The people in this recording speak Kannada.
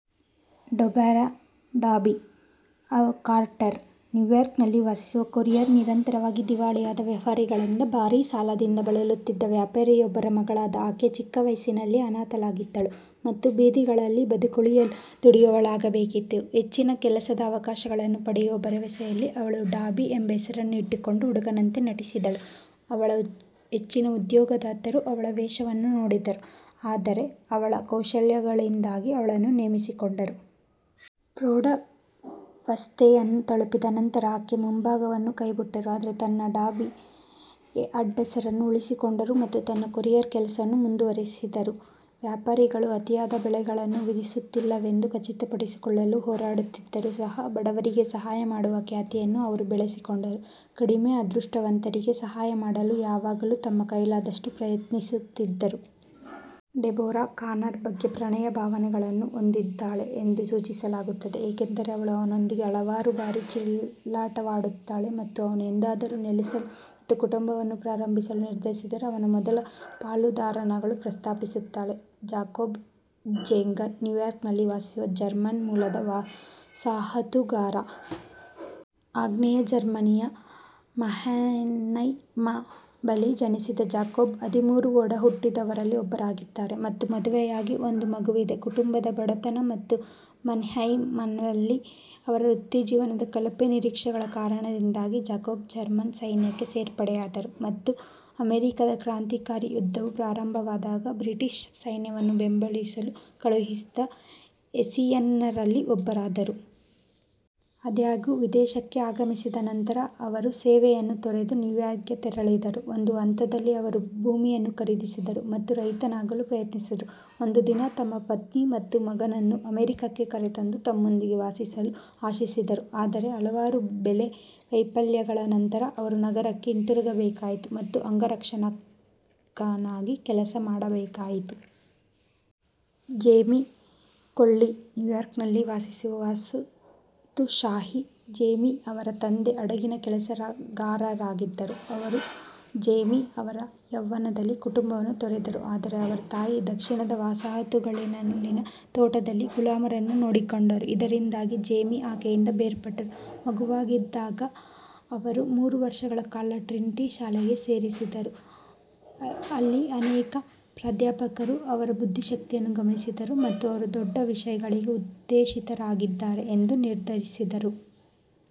ಡೆಬೊರಾ "ಡಾಬಿ" ಕಾರ್ಟರ್ ನ್ಯೂಯಾರ್ಕ್ನಲ್ಲಿ ವಾಸಿಸುವ ಕೊರಿಯರ್. ನಿರಂತರವಾಗಿ ದಿವಾಳಿಯಾದ ವ್ಯವಹಾರಗಳಿಂದ ಭಾರೀ ಸಾಲದಿಂದ ಬಳಲುತ್ತಿದ್ದ ವ್ಯಾಪಾರಿಯೊಬ್ಬರ ಮಗಳಾದ ಆಕೆ ಚಿಕ್ಕ ವಯಸ್ಸಿನಲ್ಲಿಯೇ ಅನಾಥಳಾಗಿದ್ದಳು ಮತ್ತು ಬೀದಿಗಳಲ್ಲಿ ಬದುಕುಳಿಯಲು ದುಡಿಯುವವಳಾಗಬೇಕಾಯಿತು. ಹೆಚ್ಚಿನ ಕೆಲಸದ ಅವಕಾಶಗಳನ್ನು ಪಡೆಯುವ ಭರವಸೆಯಲ್ಲಿ ಅವಳು "ಡಾಬಿ" ಎಂಬ ಹೆಸರನ್ನು ಇಟ್ಟುಕೊಂಡು ಹುಡುಗನಂತೆ ನಟಿಸಿದಳು; ಅವಳ ಹೆಚ್ಚಿನ ಉದ್ಯೋಗದಾತರು ಅವಳ ವೇಷವನ್ನು ನೋಡಿದರು, ಆದರೆ ಅವಳ ಕೌಶಲ್ಯಗಳಿಂದಾಗಿ ಅವಳನ್ನು ನೇಮಿಸಿಕೊಂಡರು. ಪ್ರೌಢಾವಸ್ಥೆಯನ್ನು ತಲುಪಿದ ನಂತರ, ಆಕೆ ಈ ಮುಂಭಾಗವನ್ನು ಕೈಬಿಟ್ಟರು, ಆದರೆ ತನ್ನ "ಡಾಬಿ" ಅಡ್ಡಹೆಸರನ್ನು ಉಳಿಸಿಕೊಂಡರು ಮತ್ತು ತನ್ನ ಕೊರಿಯರ್ ಕೆಲಸವನ್ನು ಮುಂದುವರೆಸಿದರು. ವ್ಯಾಪಾರಿಗಳು ಅತಿಯಾದ ಬೆಲೆಗಳನ್ನು ವಿಧಿಸುತ್ತಿಲ್ಲವೆಂದು ಖಚಿತಪಡಿಸಿಕೊಳ್ಳಲು ಹೋರಾಡುತ್ತಿದ್ದರೂ ಸಹ, ಬಡವರಿಗೆ ಸಹಾಯ ಮಾಡುವ ಖ್ಯಾತಿಯನ್ನು ಅವರು ಬೆಳೆಸಿಕೊಂಡರು, ಕಡಿಮೆ ಅದೃಷ್ಟವಂತರಿಗೆ ಸಹಾಯ ಮಾಡಲು ಯಾವಾಗಲೂ ತಮ್ಮ ಕೈಲಾದಷ್ಟು ಪ್ರಯತ್ನಿಸುತ್ತಿದ್ದರು. ಡೆಬೊರಾ ಕಾನರ್ ಬಗ್ಗೆ ಪ್ರಣಯ ಭಾವನೆಗಳನ್ನು ಹೊಂದಿದ್ದಾಳೆ ಎಂದು ಸೂಚಿಸಲಾಗುತ್ತದೆ, ಏಕೆಂದರೆ ಅವಳು ಅವನೊಂದಿಗೆ ಹಲವಾರು ಬಾರಿ ಚೆಲ್ಲಾಟವಾಡುತ್ತಾಳೆ ಮತ್ತು ಅವನು ಎಂದಾದರೂ ನೆಲೆಸಲು ಮತ್ತು ಕುಟುಂಬವನ್ನು ಪ್ರಾರಂಭಿಸಲು ನಿರ್ಧರಿಸಿದರೆ ಅವನ ಮೊದಲ ಪಾಲುದಾರನಾಗಲು ಪ್ರಸ್ತಾಪಿಸುತ್ತಾಳೆ. ಜಾಕೋಬ್ ಝೆಂಗರ್ ನ್ಯೂಯಾರ್ಕ್ನಲ್ಲಿ ವಾಸಿಸುವ ಜರ್ಮನ್ ಮೂಲದ ವಸಾಹತುಗಾರ. ಆಗ್ನೇಯ ಜರ್ಮನಿಯ ಮನ್ಹೈಮ್ ಬಳಿ ಜನಿಸಿದ ಜಾಕೋಬ್ ಹದಿಮೂರು ಒಡಹುಟ್ಟಿದವರಲ್ಲಿ ಒಬ್ಬರಾಗಿದ್ದಾರೆ ಮತ್ತು ಮದುವೆಯಾಗಿ ಒಂದು ಮಗುವಿದೆ. ಕುಟುಂಬದ ಬಡತನ ಮತ್ತು ಮನ್ಹೈಮ್ನಲ್ಲಿ ಅವರ ವೃತ್ತಿಜೀವನದ ಕಳಪೆ ನಿರೀಕ್ಷೆಗಳ ಕಾರಣದಿಂದಾಗಿ, ಜಾಕೋಬ್ ಜರ್ಮನ್ ಸೈನ್ಯಕ್ಕೆ ಸೇರ್ಪಡೆಯಾದರು ಮತ್ತು ಅಮೆರಿಕಾದ ಕ್ರಾಂತಿಕಾರಿ ಯುದ್ಧವು ಪ್ರಾರಂಭವಾದಾಗ, ಬ್ರಿಟಿಷ್ ಸೈನ್ಯವನ್ನು ಬೆಂಬಲಿಸಲು ಕಳುಹಿಸಿದ ಹೆಸ್ಸಿಯನ್ನರಲ್ಲಿ ಒಬ್ಬರಾದರು. ಆದಾಗ್ಯೂ, ವಿದೇಶಕ್ಕೆ ಆಗಮಿಸಿದ ನಂತರ, ಅವರು ಸೇವೆಯನ್ನು ತೊರೆದು ನ್ಯೂಯಾರ್ಕ್ಗೆ ತೆರಳಿದರು. ಒಂದು ಹಂತದಲ್ಲಿ, ಅವರು ಭೂಮಿಯನ್ನು ಖರೀದಿಸಿದರು ಮತ್ತು ರೈತನಾಗಲು ಪ್ರಯತ್ನಿಸಿದರು, ಒಂದು ದಿನ ತಮ್ಮ ಪತ್ನಿ ಮತ್ತು ಮಗನನ್ನು ಅಮೆರಿಕಕ್ಕೆ ಕರೆತಂದು ತಮ್ಮೊಂದಿಗೆ ವಾಸಿಸಲು ಆಶಿಸಿದರು, ಆದರೆ ಹಲವಾರು ಬೆಳೆ ವೈಫಲ್ಯಗಳ ನಂತರ ಅವರು ನಗರಕ್ಕೆ ಹಿಂತಿರುಗಬೇಕಾಯಿತು ಮತ್ತು ಅಂಗರಕ್ಷಕನಾಗಿ ಕೆಲಸ ಮಾಡಬೇಕಾಯಿತು. ಜೇಮೀ ಕೊಲ್ಲಿ ನ್ಯೂಯಾರ್ಕ್ನಲ್ಲಿ ವಾಸಿಸುವ ವಸಾಹತುಶಾಹಿ. ಜೇಮೀ ಅವರ ತಂದೆ ಹಡಗಿನ ಕೆಲಸಗಾರರಾಗಿದ್ದರು, ಅವರು ಜೇಮೀ ಅವರ ಯೌವನದಲ್ಲಿ ಕುಟುಂಬವನ್ನು ತೊರೆದರು, ಆದರೆ ಅವರ ತಾಯಿ ದಕ್ಷಿಣದ ವಸಾಹತುಗಳಲ್ಲಿನ ತೋಟದಲ್ಲಿ ಗುಲಾಮರನ್ನು ನೋಡಿಕೊಂಡರು, ಇದರಿಂದಾಗಿ ಜೇಮೀ ಆಕೆಯಿಂದ ಬೇರ್ಪಟ್ಟರು. ಮಗುವಾಗಿದ್ದಾಗ, ಅವರು ಮೂರು ವರ್ಷಗಳ ಕಾಲ ಟ್ರಿನಿಟಿ ಶಾಲೆಗೆ ಸೇರಿದರು, ಅಲ್ಲಿ ಅನೇಕ ಪ್ರಾಧ್ಯಾಪಕರು ಅವರ ಬುದ್ಧಿಶಕ್ತಿಯನ್ನು ಗಮನಿಸಿದರು ಮತ್ತು ಅವರು "ದೊಡ್ಡ ವಿಷಯಗಳಿಗೆ ಉದ್ದೇಶಿತರಾಗಿದ್ದಾರೆ" ಎಂದು ನಿರ್ಧರಿಸಿದರು.